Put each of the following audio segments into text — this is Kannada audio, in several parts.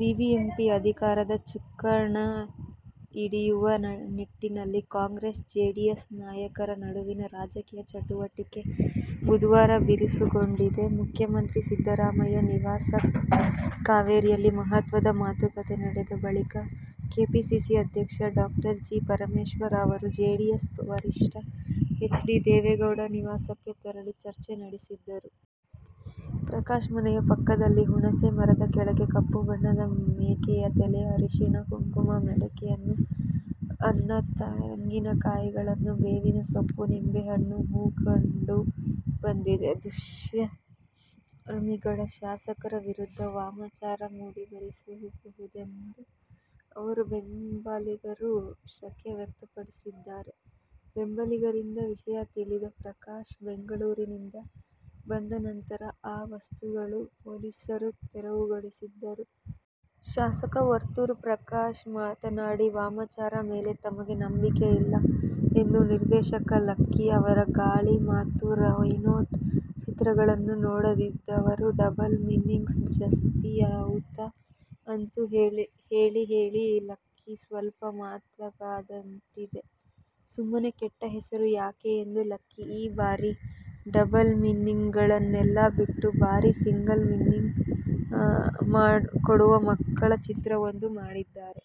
ಬಿಬಿಎಂಪಿ ಅಧಿಕಾರದ ಚುಕ್ಕಾಣಿ ಹಿಡಿಯುವ ನಿಟ್ಟಿನಲ್ಲಿ ಕಾಂಗ್ರೆಸ್, ಜೆಡಿಎಸ್ ನಾಯಕರ ನಡುವಿನ ರಾಜಕೀಯ ಚಟುವಟಿಕೆ ಬುಧವಾರ ಬಿರುಸುಗೊಂಡಿದ್ದು, ಮುಖ್ಯಮಂತ್ರಿ ಸಿದ್ದರಾಮಯ್ಯ ನಿವಾಸ ಕಾವೇರಿಯಲ್ಲಿ ಮಹತ್ವದ ಮಾತುಕತೆ ನಡೆದ ಬಳಿಕ ಕೆಪಿಸಿಸಿ ಅಧ್ಯಕ್ಷ ಡಾ. ಜಿ. ಪರಮೇಶ್ವರ್ ಅವರು ಜೆಡಿಎಸ್ ವರಿಷ್ಠ ಎಚ್. ಡಿ. ದೇವೇಗೌಡರ ನಿವಾಸಕ್ಕೆ ತೆರಳಿ ಚರ್ಚೆ ನಡೆಸಿದರು. ಪ್ರಕಾಶ್ ಮನೆಯ ಪಕ್ಕದಲ್ಲಿರುವ ಹುಣಸೆ ಮರದ ಕೆಳಗೆ ಕಪ್ಪು ಬಣದ ಮೇಕೆಯ ತಲೆ, ಅರಿಶಿನ, ಕುಂಕುಮ, ಮಡಕೆಯಲ್ಲಿ ಅನ್ನ, ತೆಂಗಿನ ಕಾಯಿಗಳು, ಬೇವಿನ ಸೊಪ್ಪು, ನಿಂಬೆಹಣ್ಣು, ಹೂ ಕಂಡು ಬಂದಿದೆ. ದುಷ್ಕರ್ಮಿಗಳು ಶಾಸಕರ ವಿರುದ್ಧ ವಾಮಾಚಾರ ಮಾಡಿಸಿರಬಹುದೆಂದು ಅವರ ಬೆಂಬಲಿಗರು ಶಂಕೆ ವ್ಯಕ್ತಪಡಿಸಿದ್ದಾರೆ. ಬೆಂಬಲಿಗರಿಂದ ವಿಷಯ ತಿಳಿದ ಪ್ರಕಾಶ್ ಬೆಂಗಳೂರಿನಿಂದ ಬಂದ ನಂತರ ಆ ವಸ್ತುಗಳನ್ನು ಪೊಲೀಸರು ತೆರವುಗೊಳಿಸಿದರು. ಶಾಸಕ ವರ್ತೂರು ಪ್ರಕಾಶ್ ಮಾತನಾಡಿ, ವಾಮಾಚಾರದ ಮೇಲೆ ತಮಗೆ ನಂಬಿಕೆಯಿಲ್ಲ ಎಂದರು. ನಿರ್ದೇಶಕ ಲಕ್ಕಿ ಅವರ "ಗಾಲಿ' ಮತ್ತು "ರೈನ್ಕೋಟ್' ಚಿತ್ರಗಳನ್ನು ನೋಡಿದವರೆಲ್ಲಾ ಡಬ್ಬಲ್ ಮೀನಿಂಗ್ ಜಾಸ್ತಿಯಾಯ್ತು ಅಂತ ಹೇಳಿಹೇಳಿ, ಲಕ್ಕಿ ಸ್ವಲ್ಪ ಮೆತ್ತಗಾದಂತಿದೆ. ಸುಮ್ಮನೆ ಕೆಟ್ಟ ಹೆಸರು ಯಾಕೆ ಎಂದು ಲಕ್ಕಿ ಈ ಬಾರಿ ಡಬ್ಬಲ್ ಮೀನಿಂಗ್ಗಳನ್ನೆಲ್ಲಾ ಬಿಟ್ಟು, ಬರೀ ಸಿಂಗಲ್ ಮೀನಿಂಗ್ ಕೊಡುವ ಮಕ್ಕಳ ಚಿತ್ರವೊಂದನ್ನು ಮಾಡಿದ್ದಾರೆ.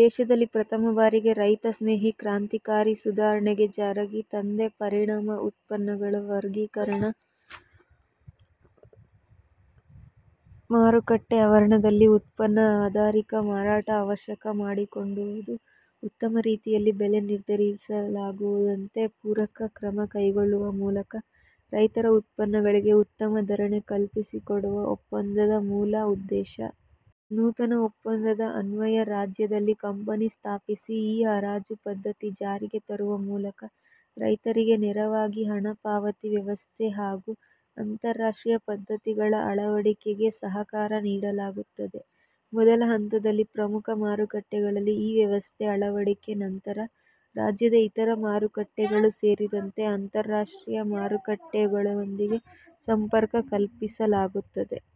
ದೇಶದಲ್ಲಿ ಪ್ರಥಮ ಬಾರಿಗೆ ರೈತ ಸ್ನೇಹಿ ಕ್ರಾಂತಿಕಾರಕ ಸುಧಾರಣೆ ಜಾರಿಗೆ ತಂದ ಪರಿಣಾಮ ಉತ್ಪನ್ನಗಳ ವರ್ಗೀಕರಣ, ಮಾರುಕಟ್ಟೆ ಆವರಣದಲ್ಲಿ ಉತ್ಪನ್ನ ಆಧಾರಿತ ಮಾರಾಟಕ್ಕೆ ಅವಕಾಶ ಮಾಡಿಕೊಡುವುದು, ಉತ್ತಮ ರೀತಿಯಲ್ಲಿ ಬೆಲೆ ನಿರ್ಧಾರವಾಗುವಂತೆ ಪೂರಕ ಕ್ರಮ ಕೈಗೊಳ್ಳುವ ಮೂಲಕ ರೈತರ ಉತ್ಪನ್ನಗಳಿಗೆ ಉತ್ತಮ ಧಾರಣೆ ಕಲ್ಪಿಸಿಕೊಡುವುದು ಒಪ್ಪಂದದ ಮೂಲ ಉದ್ದೇಶ. ನೂತನ ಒಪ್ಪಂದದ ಅನ್ವಯ ರಾಜ್ಯದಲ್ಲಿ ಕಂಪನಿ ಸ್ಥಾಪಿಸಿ ಇ-ಹರಾಜು ಪದ್ಧತಿ ಜಾರಿಗೆ ತರುವ ಮೂಲಕ ರೈತರಿಗೆ ನೇರವಾಗಿ ಹಣ ಪಾವತಿ ವ್ಯವಸ್ಥೆ ಹಾಗೂ ಅಂತಾರಾಷ್ಟ್ರೀಯ ಪದ್ಧತಿಗಳ ಅಳವಡಿಕೆಗೆ ಸಹಕಾರ ನೀಡಲಾಗುತ್ತದೆ. ಮೊದಲ ಹಂತದಲ್ಲಿ ಪ್ರಮುಖ ಮಾರುಕಟ್ಟೆಗಳಲ್ಲಿ ಈ ವ್ಯವಸ್ಥೆ ಅಳವಡಿಕೆ ನಂತರ ರಾಜ್ಯದ ಇತರ ಮಾರುಕಟ್ಟೆಗಳು ಸೇರಿದಂತೆ ರಾಷ್ಟ್ರೀಯ ಮಾರುಕಟ್ಟೆಗಳೊಂದಿಗೆ ಸಂಪರ್ಕ ಕಲ್ಪಿಸಲಾಗುತ್ತದೆ.